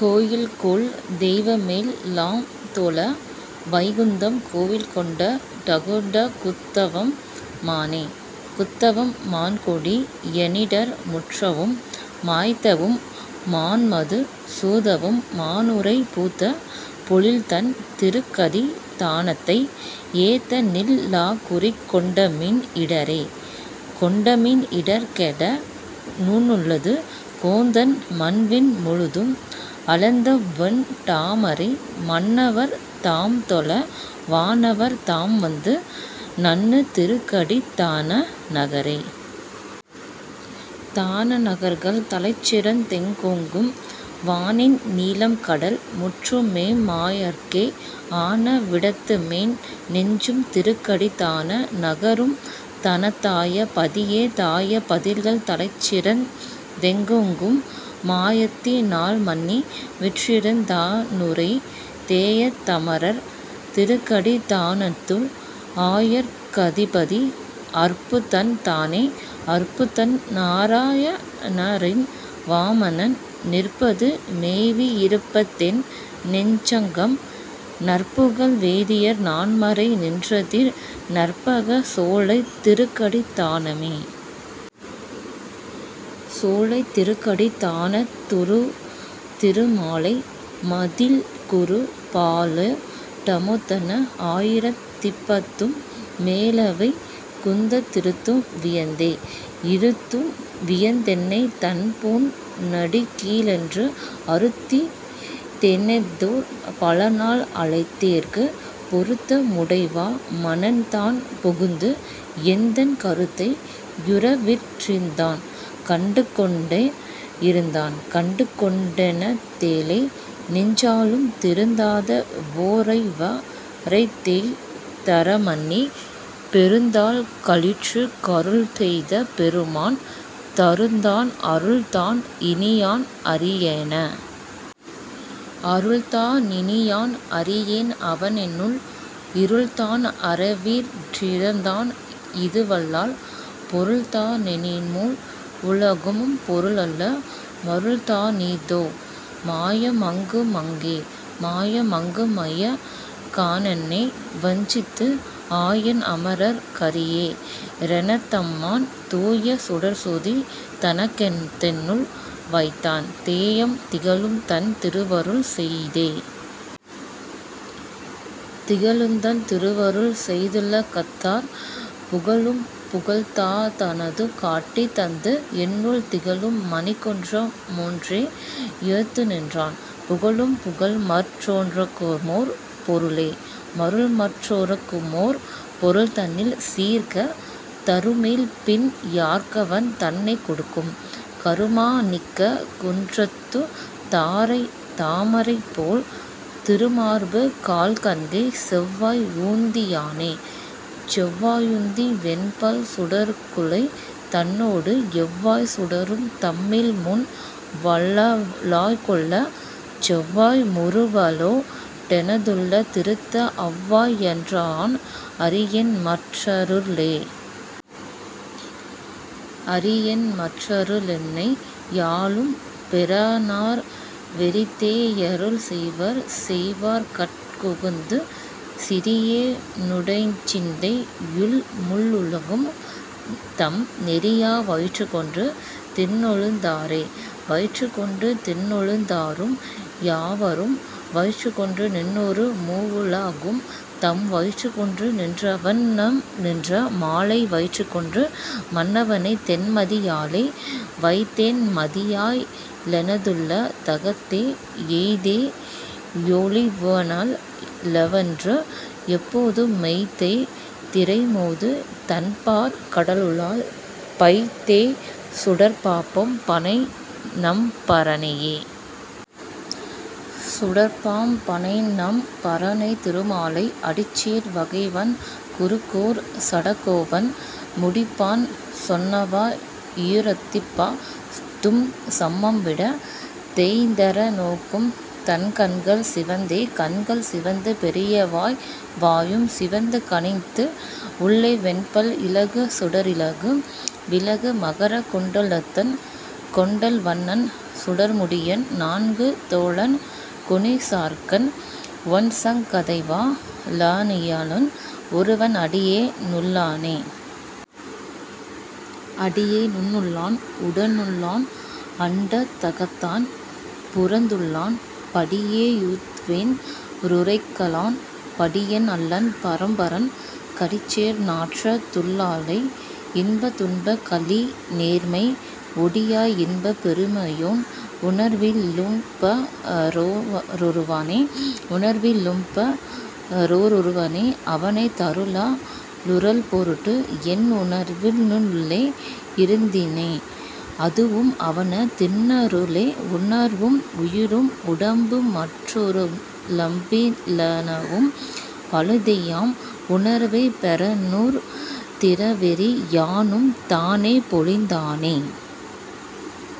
கோயில்கொள் தெய்வமெல் லாம்தொழ, வைகுந்தம் கோயில்கொண் டகுடக் கூத்தவம் மானே.. கூத்தவம் மான்கொடி யேனிடர் முற்றவும், மாய்த்தவம் மான்மது சூதவம் மானுறை, பூத்த பொழில்தண் திருக்கடித் தானத்தை, ஏத்தநில் லாகுறிக் கொண்டமின் இடரே.. கொண்டமின் இடர்கெட வுள்ளத்துக் கோவிந்தன், மண்விண் முழுதும் அளந்தவொண் டாமரை, மண்ணவர் தாம்தொழ வானவர் தாம்வந்து, நண்ணு திருக்கடித் தான நகரே.. தான நகர்கள் தலைசிறந் தெங்கெங்கும், வானிந் நிலம்கடல் முற்றுமெம் மாயற்கே, ஆன விடத்துமென் நெஞ்சும் திருக்கடித் தான நகரும், தனதாயப் பதியே.. தாயப் பதிகள்தலைசிறந் தெங்கெங்கும், மாயத்தி னால்மன்னி வீற்றிருந் தானுறை, தேயத் தமரர் திருக்கடித் தானத்துள், ஆயர்க் கதிபதி அற்புதன் தானே.. அற்புதன் நாரா யணனரி வாமனன், நிற்பது மேவி யிருப்பதென் னெஞ்சகம், நற்புகழ் வேதியர் நான்மறை நின்றதிர், கற்பகச் சோலைத் திருக்கடித் தானமே. சோலை திருக்கடித் தானத் துறைதிரு மாலை, மதிள்குரு, பாலோ டமுதன்ன ஆயிரத் திப்பத்தும், மேலைவை குந்தத் திருத்தும் வியந்தே. இருத்தும் வியந்தென்னைத் தன்பொன் னடிக்கீழென்று, அருத்தித் தெனைத்தோர் பலநாள் அழைத்தேற்கு, பொருத்த முடைவா மனன்தான் புகுந்து, என்தன் கருத்தை யுறவீற் றிருந்தான் கண்டுகொண்டே.. இருந்தான் கண்டுகொண் டெனதேழை நெஞ்சாளும், திருந்தாத வோரைவ ரைத்தேய்ந் தறமன்னி, பெருந்தாள் களிற்றுக் கருள்செய்த பெருமான், தருந்தான் அருள்தான் இனியான் அறியேனே.. அருள்தா னினியான் அறியேன் அவனென்னுள், இருள்தான் அறவீற் றிருந்தான் இதுவல்லால், பொருள்தா னெனில்மூ வுலகும் பொருளல்ல, மருள்தானீ தோ? மாய மயக்கு மயக்கே.. மாய மயக்குமயக் கானென்னை வஞ்சித்து, ஆயன் அமரர்க் கரியே றெனதம்மான், தூய சுடர்ச்சோதி தனதென்னுள் வைத்தான், தேயம் திகழும்தன் திருவருள் செய்தே.. திகழுந்தன் திருவருள் செய்துல கத்தார், புகழும் புகழ்தா னதுகாட்டித் தந்து, என்னுள் திகழும் மணிக்குன்ற மொன்றே யொத்துநின்றான், புகழும் புகழ்மற் றெனக்குமோர் பொருளே?. பொருள்மற் றெனக்குமோர் பொருள்தன்னில் சீர்க்கத் தருமேல், பின் யார்க்கவன் தன்னைக் கொடுக்கும்?, கருமா ணிக்கக் குன்றத்துத் தாமரைபோல், திருமார்பு கால்கண்கை செவ்வாய் உந்தியானே.. செவ்வாயுந்தி வெண்பல் சுடர்க்குழை, தன்னோடு எவ்வாய்ச் சுடரும் தம்மில்முன் வளாய்க்கொள்ள, செவ்வாய் முறுவலோ டெனதுள்ளத் திருந்த, அவ்வா யன்றியான் அறியேன்மற் றருளே.. அறியேன்மற் றருளென்னை யாளும் பிரானார், வெறிதே யருள்செய்வர் செய்வார்கட் குகந்து, சிறியே னுடைச்சிந்தை யுள்மூ வுலகும், தம் நெறியா வயிற்றிற்கொண்டு நின்றொழிந் தாரே.. வயிற்றிற்கொண்டு நின்றொழிந் தாரும் யவரும், வயிற்றிற்கொண்டு நின்றொரு மூவுல கும், தம் வயிற்றிற்கொண்டு நின்றவண் ணம்நின்ற மாலை, வயிற்றிற்கொண்டு மன்னவைத் தேன்மதி யாலே.. வைத்தேன் மதியா லெனதுள்ளத் தகத்தே, எய்த்தே யொழிவேனல் லேனென்றும் எப்பொதும், மொய்த்தேய் திரைமோது தண்பாற் கடலுளால், பைத்தேய் சுடர்ப்பாம் பணைநம் பரனையே. சுடர்ப்பாம் பணைநம் பரனைத் திருமாலை, அடிச்சேர் வகைவண் குருகூர்ச் சடகோபன், முடிப்பான் சொன்னவா யிரத்திப்பத் தும்சன்மம் விட, தேய்ந் தறநோக்கும் தன்கண்கள் சிவந்தே. கண்கள் சிவந்து பெரியவாய் வாயும் சிவந்து கனிந்து, உள்ளே வெண்பல் இலகு சுடரிலகு விலகு மகர குண்டலத்தன், கொண்டல் வண்ணன் சுடர்முடியன் நான்கு தோளன் குனிசார்ங்கன், ஒண்சங் கதைவா ளாழியான் ஒருவன் அடியே னுள்ளானே.. அடியே னுள்ளான் உடலுள்ளான் அண்டத் தகத்தான் புறத்துள்ளான், படியே யிதுவென் றுரைக்கலாம், படியன் அல்லன் பரம்பரன், கடிசேர் நாற்றத் துள்ளாலை இன்பத் துன்பக் கழிநேர்மை, ஒடியா இன்பப் பெருமையோன் உணர்வி லும்ப ரொருவனே.. உணர்வி லும்ப ரொருவனை அவன தருளா லுறல்பொருட்டு, என் உணர்வி னுள்ளே யிருத்தினேன் அதுவும் அவன தின்னருளே, உணர்வும் உயிரும் உடம்பும்மற் றுலப்பி லனவும் பழுதேயாம், உணர்வைப் பெறவூர்ந் திறவேறி யானும் தானா யொழிந்தானே..